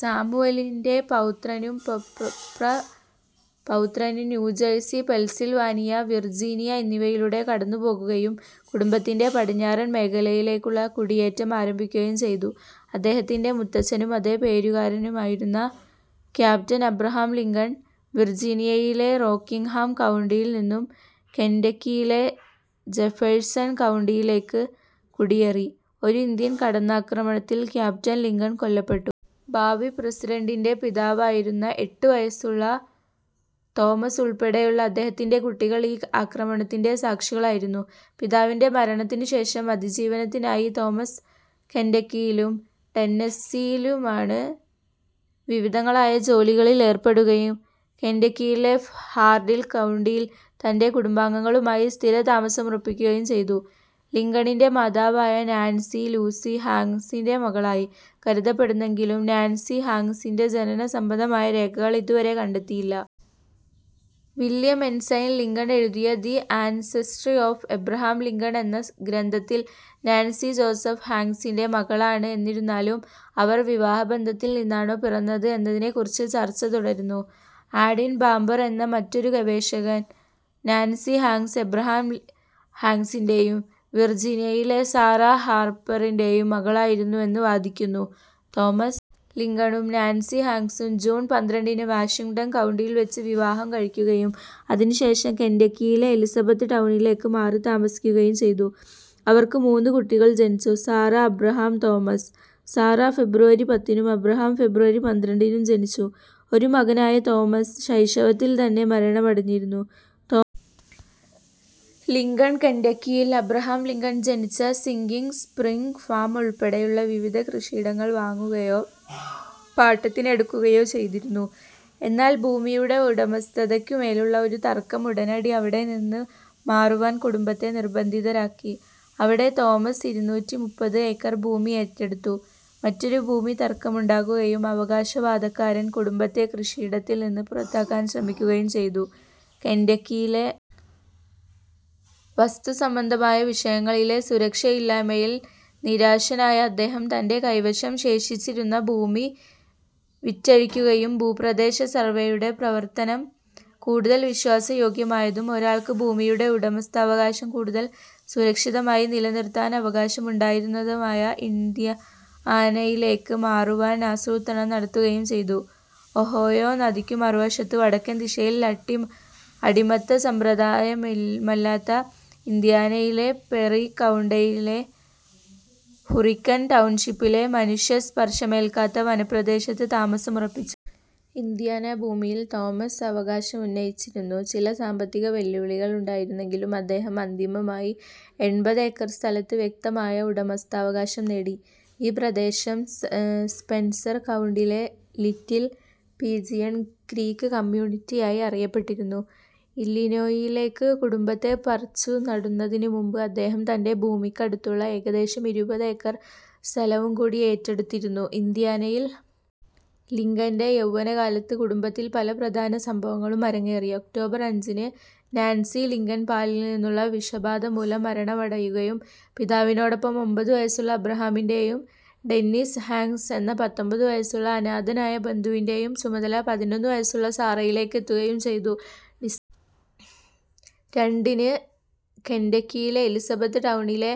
സാമുവലിൻ്റെ പൗത്രനും പ്രപൗത്രനും New Jersey, Pennsylvania, Virginia എന്നിവയിലൂടെ കടന്നുപോകുകയും കുടുംബത്തിൻ്റെ പടിഞ്ഞാറൻ മേഖലയിലേക്കുള്ള കുടിയേറ്റം ആരംഭിക്കുകയും ചെയ്തു. അദ്ദേഹത്തിൻ്റെ മുത്തച്ഛനും അതേ പേരുകാരനുമായിരുന്ന ക്യാപ്റ്റൻ അബ്രഹാം ലിങ്കൺ വിർജീനിയയിലെ റോക്കിങ്ങ്ഹാം കൗണ്ടിയിൽ നിന്നും കെന്റക്കിയിലെ ജെഫേഴ്സൺ കൗണ്ടിയിലേക്ക് കുടിയേറി. ഒരു ഇന്ത്യൻ കടന്നാക്രമണത്തിൽ ക്യാപ്റ്റൻ ലിങ്കൺ കൊല്ലപ്പെട്ടു. ഭാവി പ്രസിഡന്റിൻ്റെ പിതാവായിരുന്ന എട്ടുവയസ്സുള്ള തോമസ് ഉൾപ്പെടെയുള്ള അദ്ദേഹത്തിൻ്റെ കുട്ടികൾ ഈ ആക്രമണത്തിൻ്റെ സാക്ഷികളായിരുന്നു. പിതാവിൻ്റെ മരണത്തിനുശേഷം അതിജീവനത്തിനായി തോമസ് കെന്റക്കിയിലും ടെന്നസിയിലുമായി വിവിധങ്ങളായ ജോലികളിൽ ഏർപ്പെടുകയും കെന്റക്കിയിലെ ഹാർഡിൻ കൗണ്ടിയിൽ തൻ്റെ കുടുംബാംഗങ്ങളുമായി സ്ഥിരതാമസമുറപ്പിക്കുകയും ചെയ്തു. ലിങ്കണിൻ്റെ മാതാവായ നാൻസി, ലൂസി ഹാങ്ക്സിൻ്റെ മകളായി കരുതപ്പെടുന്നുണ്ടെങ്കിലും, നാൻസി ഹാങ്ക്സിൻ്റെ ജനനസംബന്ധമായ രേഖകൾ ഇതുവരെ കണ്ടെത്തിയിട്ടില്ല. വില്യം എൻസൈൻ ലിങ്കൺ എഴുതിയ the ancestry of Abraham Lincoln എന്ന ഗ്രന്ഥത്തിൽ നാൻസി, ജോസഫ് ഹാങ്ക്സിൻ്റെ മകളാണ്. എന്നിരുന്നാലും, അവർ വിവാഹബന്ധത്തിൽ നിന്നാണോ പിറന്നത് എന്നതിനെക്കുറിച്ച് ചർച്ച തുടരുന്നു. ആഡിൻ ബാബർ എന്ന മറ്റൊരു ഗവേഷകൻ, നാൻസി ഹാങ്ക്സ്, എബ്രഹാം ഹാങ്ക്സിൻ്റെ യും വിർജീനിയയിലെ സാറാ ഹാർപ്പറിൻ്റെ യും മകളായിരുന്നുവെന്ന് വാദിക്കുന്നു. തോമസ് ലിങ്കണും നാൻസി ഹാങ്ക്സും ജൂൺ പന്ത്രണ്ടിന് വാഷിംഗ്ടൺ കൗണ്ടിയിൽവച്ച് വിവാഹം കഴിക്കുകയും അതിനുശേഷം കെന്റക്കിയിലെ എലിസബത്ത് ടൗണിലേക്ക് മാറിത്താമസിക്കുകയും ചെയ്തു. അവർക്ക് മൂന്ന് കുട്ടികൾ ജനിച്ചു. Sarah, Abraham, Thomas. സാറാ ഫെബ്രുവരി പത്തിനും അബ്രഹാം ഫെബ്രുവരി പന്ത്രണ്ടിനും ജനിച്ചു. ഒരു മകനായ തോമസ് ശൈശവത്തിൽത്തന്നെ മരണമടഞ്ഞിരുന്നു. തോമസ് ലിങ്കൺ കെന്റക്കിയിൽ അബ്രഹാം ലിങ്കൺ ജനിച്ച സിങ്കിംഗ് സ്പ്രിംഗ് ഫാം ഉൾപ്പെടെയുള്ള വിവിധ കൃഷിയിടങ്ങൾ വാങ്ങുകയോ പാട്ടത്തിനെടുക്കുകയോ ചെയ്തിരുന്നു. എന്നാൽ ഭൂമിയുടെ ഉടമസ്ഥതയ്ക്കുമേലുള്ള ഒരു തർക്കം ഉടനടി അവിടെനിന്ന് മാറുവാൻ കുടുംബത്തെ നിർബന്ധിതരാക്കി. അവിടെ തോമസ് ഇരുന്നൂറ്റിമുപ്പത് ഏക്കർ ഭൂമി ഏറ്റെടുത്തു. മറ്റൊരു ഭൂമി തർക്കമുണ്ടാകുകയും അവകാശവാദക്കാരൻ കുടുംബത്തെ കൃഷിയിടത്തിൽനിന്ന് പുറത്താക്കാൻ ശ്രമിക്കുകയും ചെയ്തു. കെന്റക്കിയിലെ വസ്തുസംബന്ധമായ വിഷയങ്ങളിലെ സുരക്ഷയില്ലായ്മയിൽ നിരാശനായ അദ്ദേഹം തൻ്റെ കൈവശം ശേഷിച്ചിരുന്ന ഭൂമി വിറ്റഴിക്കുകയും ഭൂപ്രദേശ സർവേയുടെ പ്രവർത്തനം കൂടുതൽ വിശ്വാസയോഗ്യമായതും ഒരാൾക്ക് ഭൂമിയുടെ ഉടമസ്ഥാവകാശം കൂടുതൽ സുരക്ഷിതമായി നിലനിർത്താൻ അവകാശമുണ്ടായിരുന്നതുമായ ഇൻഡ്യാനയിലേക്ക് മാറുവാൻ ആസൂത്രണം നടത്തുകയും ചെയ്തു. ഒഹായോ നദിക്കു മറുവശത്ത് വടക്കൻ ദിശയിൽ, അടിമത്ത സമ്പ്രദായമില്ലാത്ത ഇൻഡ്യാനയിലെ പെറി കൗണ്ടിയിലെ ഹുറിക്കൻ ടൗൺഷിപ്പിലെ മനുഷ്യസ്പർശമേൽക്കാത്ത വനപ്രദേശത്ത് താമസമുറപ്പിച്ചു. ഇൻഡ്യാന ഭൂമിയിൽ തോമസ് അവകാശമുന്നയിച്ചിരുന്നു. ചില സാമ്പത്തിക വെല്ലുവിളികൾ ഉണ്ടായിരുന്നെങ്കിലും അദ്ദേഹം അന്തിമമായി എൺപത് ഏക്കർ സ്ഥലത്ത് വ്യക്തമായ ഉടമസ്ഥാവകാശം നേടി. ഈ പ്രദേശം സ്പെൻസർ കൗണ്ടിയിലെ ലിറ്റിൽ പിജിയൺ ക്രീക്ക് കമ്മ്യൂണിറ്റിയായി അറിയപ്പെട്ടിരുന്നു. ഇല്ലിനോയിയിലേക്ക് കുടുംബത്തെ പറിച്ചുനടുന്നതിനുമുമ്പ്, അദ്ദേഹം തൻ്റെ ഭൂമിക്ക് അടുത്തുള്ള ഏകദേശം ഇരുപത് ഏക്കർ സ്ഥലവും കൂടി ഏറ്റെടുത്തിരുന്നു. ഇൻഡ്യാനയിൽ ലിങ്കൻ്റെ യൗവ്വനകാലത്ത് കുടുംബത്തിൽ പല പ്രധാന സംഭവങ്ങളും അരങ്ങേറി. ഒക്ടോബർ അഞ്ചിന്, നാൻസി ലിങ്കൻ പാലിൽനിന്നുള്ള വിഷബാധ മൂലം മരണമടയുകയും പിതാവിനോടൊപ്പം ഒമ്പത് വയസ്സുള്ള അബ്രഹാമിൻ്റെ യും ഡെന്നിസ് ഹാങ്ക്സ് എന്ന പത്തൊമ്പത് വയസ്സുള്ള അനാഥനായ ബന്ധുവിൻ്റെ യും ചുമതല പതിനൊന്ന് വയസ്സുള്ള സാറയിലേക്കെത്തുകയും ചെയ്തു. ഡിസംബർ രണ്ടിന് കെന്റക്കിയിലെ എലിസബത്ത് ടൗണിലെ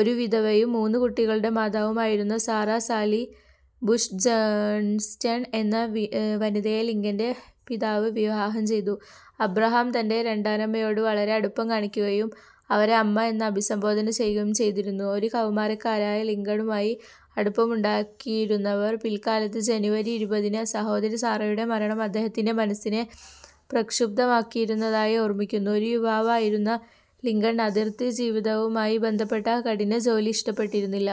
ഒരു വിധവയും മൂന്ന് കുട്ടികളുടെ മാതാവുമായിരുന്ന സാറാ സാലി ബുഷ് ജോൺസ്റ്റൺ എന്ന വനിതയെ ലിങ്കൻ്റെ പിതാവ് വിവാഹം ചെയ്തു. അബ്രഹാം തൻ്റെ രണ്ടാനമ്മയോട് വളരെ അടുപ്പം കാണിക്കുകയും അവരെ അമ്മ എന്ന് അഭിസംബോധന ചെയ്യുകയും ചെയ്തിരുന്നു. ഒരു കൗമാരക്കാരനായ ലിങ്കണുമായി അടുപ്പമുണ്ടായിരുന്നവർ പിൽക്കാലത്ത് ജനുവരി ഇരുപതിന് സഹോദരി സാറയുടെ മരണം അദ്ദേഹത്തിൻ്റെ മനസ്സിനെ പ്രക്ഷുബ്ധമാക്കിയിരുന്നതായി ഓർമിക്കുന്നു. ഒരു യുവാവായിരുന്ന ലിങ്കൺ, അതിർത്തി ജീവിതവുമായി ബന്ധപ്പെട്ട കഠിനജോലി ഇഷ്ടപ്പെട്ടിരുന്നില്ല.